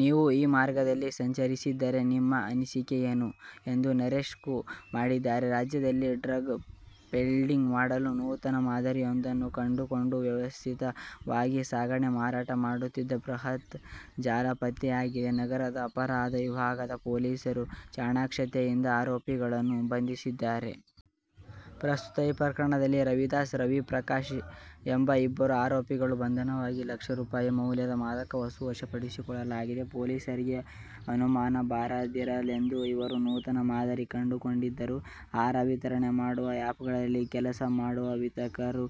ನೀವೂ ಈ ಮಾರ್ಗದಲ್ಲಿ ಸಂಚರಿಸಿದ್ದರೆ ನಿಮ್ಮ ಅನಿಸಿಕೆ ಏನು? ' ಎಂದು ನರೇಶ್ ಕೂ ಮಾಡಿದ್ದಾರೆ. ರಾಜ್ಯದಲ್ಲಿ ಡ್ರಗ್ ಪೆಡ್ಲಿಂಗ್ ಮಾಡಲು ನೂತನ ಮಾದರಿಯೊಂದನ್ನು ಕಂಡುಕೊಂಡು ವ್ಯವಸ್ಥಿತವಾಗಿ ಸಾಗಣೆ ಮಾರಾಟ ಮಾಡುತ್ತಿದ್ದ ಬೃಹತ್ ಜಾಲ ಪತ್ತೆಯಾಗಿದೆ. ನಗರದ ಅಪರಾಧ ವಿಭಾಗದ ಪೊಲೀಸರು ಚಾಣಾಕ್ಷತೆಯಿಂದ ಆರೋಪಿಗಳನ್ನು ಬಂಧಿಸಿದ್ದಾರೆ. ರಸ್ತೆಯ ಪ್ರಕರಣದಲ್ಲಿ ರವಿದಾಸ್, ರವಿ ಪ್ರಕಾಶ್ ಎಂಬ ಇಬ್ಬರು ಆರೋಪಿಗಳ ಬಂಧನವಾಗಿ. ಲಕ್ಷ ರೂಪಾಯಿ ಮೌಲ್ಯದ ಮಾದಕ ವಸ್ತು ವಶಪಡಿಸಿಕೊಳ್ಳಲಾಗಿದೆ. ಪೊಲೀಸರಿಗೆ ಅನುಮಾನ ಬಾರದಿರಲೆಂದು ಇವರು ನೂತನ ಮಾದರಿ ಕಂಡು ಕೊಂಡಿದ್ದರು. ಆಹಾರ ವಿತರಣೆ ಮಾಡುವ ಆ್ಯಪ್ ಗಳಲ್ಲಿ ಕೆಲಸ ಮಾಡುವ ವಿತರಕರು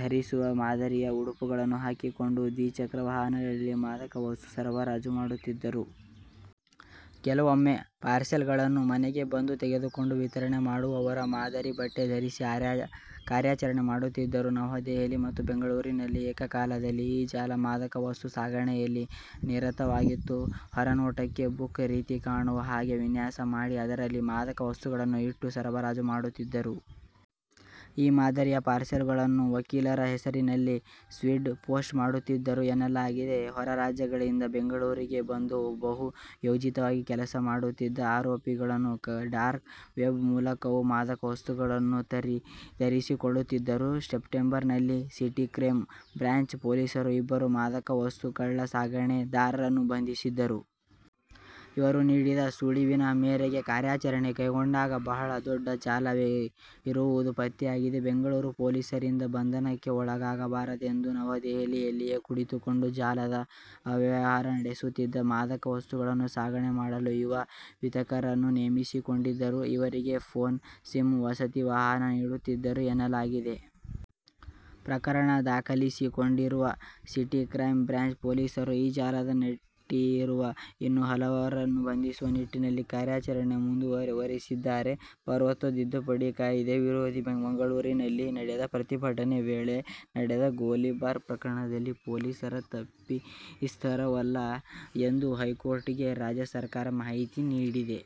ಧರಿಸುವ ಮಾದರಿಯ ಉಡುಪುಗಳನ್ನು ಹಾಕಿಕೊಂಡು ದ್ವಿಚಕ್ರ ವಾಹನಗಳಲ್ಲಿ ಮಾದಕ ವಸ್ತು ಸರಬರಾಜು ಮಾಡುತ್ತಿದ್ದರು. ಕೆಲವೊಮ್ಮೆ ಪಾರ್ಸೆಲ್ ಗಳನ್ನು ಮನೆಗೆ ಬಂದು ತೆಗೆದುಕೊಂಡು ವಿತರಣೆ ಮಾಡುವವರ ಮಾದರಿ ಬಟ್ಟೆ ಧರಿಸಿ ಕಾರ್ಯಾಚರಣೆ ಮಾಡುತ್ತಿದ್ದರು. ನವದೆಹಲಿ ಮತ್ತು ಬೆಂಗಳೂರಿನಲ್ಲಿ ಏಕಕಾಲದಲ್ಲಿ ಈ ಜಾಲ ಮಾದಕ ವಸ್ತು ಸಾಗಣೆಯಲ್ಲಿ ನಿರತವಾಗಿತ್ತು. ಹೊರನೋಟಕ್ಕೆ ಬುಕ್ ರೀತಿ ಕಾಣುವ ಹಾಗೆ ವಿನ್ಯಾಸ ಮಾಡಿ ಅದರಲ್ಲಿ ಮಾದಕ ವಸ್ತುಗಳನ್ನು ಇಟ್ಟು ಸರಬರಾಜು ಮಾಡುತ್ತಿದ್ದರು. ಈ ಮಾದರಿಯ ಪಾರ್ಸೆಲುಗಳನ್ನು ವಕೀಲರ ಹೆಸರಿನಲ್ಲಿ ಸ್ಪೀಡ್ ಪೋಸ್ಟ್ ಮಾಡುತ್ತಿದ್ದರು ಎನ್ನಲಾಗಿದೆ. ಹೊರರಾಜ್ಯಗಳಿಂದ ಬೆಂಗಳೂರಿಗೆ ಬಂದು ಬಹು ಯೋಜಿತವಾಗಿ ಕೆಲಸ ಮಾಡುತ್ತಿದ್ದ ಆರೋಪಿಗಳು ಡಾರ್ಕ್ ವೆಬ್ ಮೂಲಕವೂ ಮಾದಕ ವಸ್ತುಗಳನ್ನು ತರಿಸಿಕೊಳ್ಳುತ್ತಿದ್ದರು. ಸೆಪ್ಟೆಂಬರ್ ನಲ್ಲಿ ಸಿಟಿ ಕ್ರೈಮ್ ಬ್ರಾಂಚ್ ಪೊಲೀಸರು ಇಬ್ಬರು ಮಾದಕ ವಸ್ತು ಕಳ್ಳ ಸಾಗಾಣೆದಾರರನ್ನು ಬಂಧಿಸಿದ್ದರು. ಇವರು ನೀಡಿದ ಸುಳಿವಿನ ಮೇರೆಗೆ ಕಾರ್ಯಾಚರಣೆ ಕೈಗೊಂಡಾಗ ಬಹಳ ದೊಡ್ಡ ಜಾಲವೇ ಇರುವುದು ಪತ್ತೆಯಾಗಿದೆ. ಬೆಂಗಳೂರು ಪೊಲೀಸರಿಂದ ಬಂಧನಕ್ಕೆ ಒಳಗಾಗಬಾರದೆಂದು ನವದೆಹಲಿಯಲ್ಲಿಯೇ ಕುಳಿತುಕೊಂಡು ಜಾಲದ ಅವ್ಯವಹಾರ ನಡೆಸುತ್ತಿದ್ದರು, ಮಾದಕ ವಸ್ತುಗಳನ್ನು ಸಾಗಣೆ ಮಾಡಲು ಯುವ ವಿತರಕರನ್ನು ನೇಮಿಸಿಕೊಂಡಿದ್ದರು. ಇವರಿಗೆ ಪೋನ್, ಸಿಮ್, ವಸತಿ, ವಾಹನ ನೀಡುತ್ತಿದ್ದರು ಎನ್ನಲಾಗಿದೆ. ಪ್ರಕರಣ ದಾಖಲಿಸಿಕೊಂಡಿರುವ ಸಿಟಿ ಕ್ರೈಮ್ ಬ್ರಾಂಚ್ ಪೊಲೀಸರು ಈ ಜಾಲದ ನಂಟಿರುವ ಇನ್ನೂ ಹಲವರನ್ನು ಬಂಧಿಸುವ ನಿಟ್ಟಿನಲ್ಲಿ ಕಾರ್ಯಾಚರಣೆ ಮುಂದುವರಿಸಿದ್ದಾರೆ. ಪೌರತ್ವ ತಿದ್ದುಪಡಿ ಕಾಯ್ದೆ ವಿರೋಧಿಸಿ ಮಂಗಳೂರಿನಲ್ಲಿ ನಡೆದ ಪ್ರತಿಭಟನೆ ವೇಳೆ ನಡೆದ ಗೋಲಿಬಾರ್ ಪ್ರಕರಣದಲ್ಲಿ ಪೊಲೀಸರ ತಪ್ಪಿತಸ್ಥರಲ್ಲ ಎಂದು ಹೈಕೋರ್ಟ್'ಗೆ ರಾಜ್ಯ ಸರ್ಕಾರ ಮಾಹಿತಿ ನೀಡಿದೆ.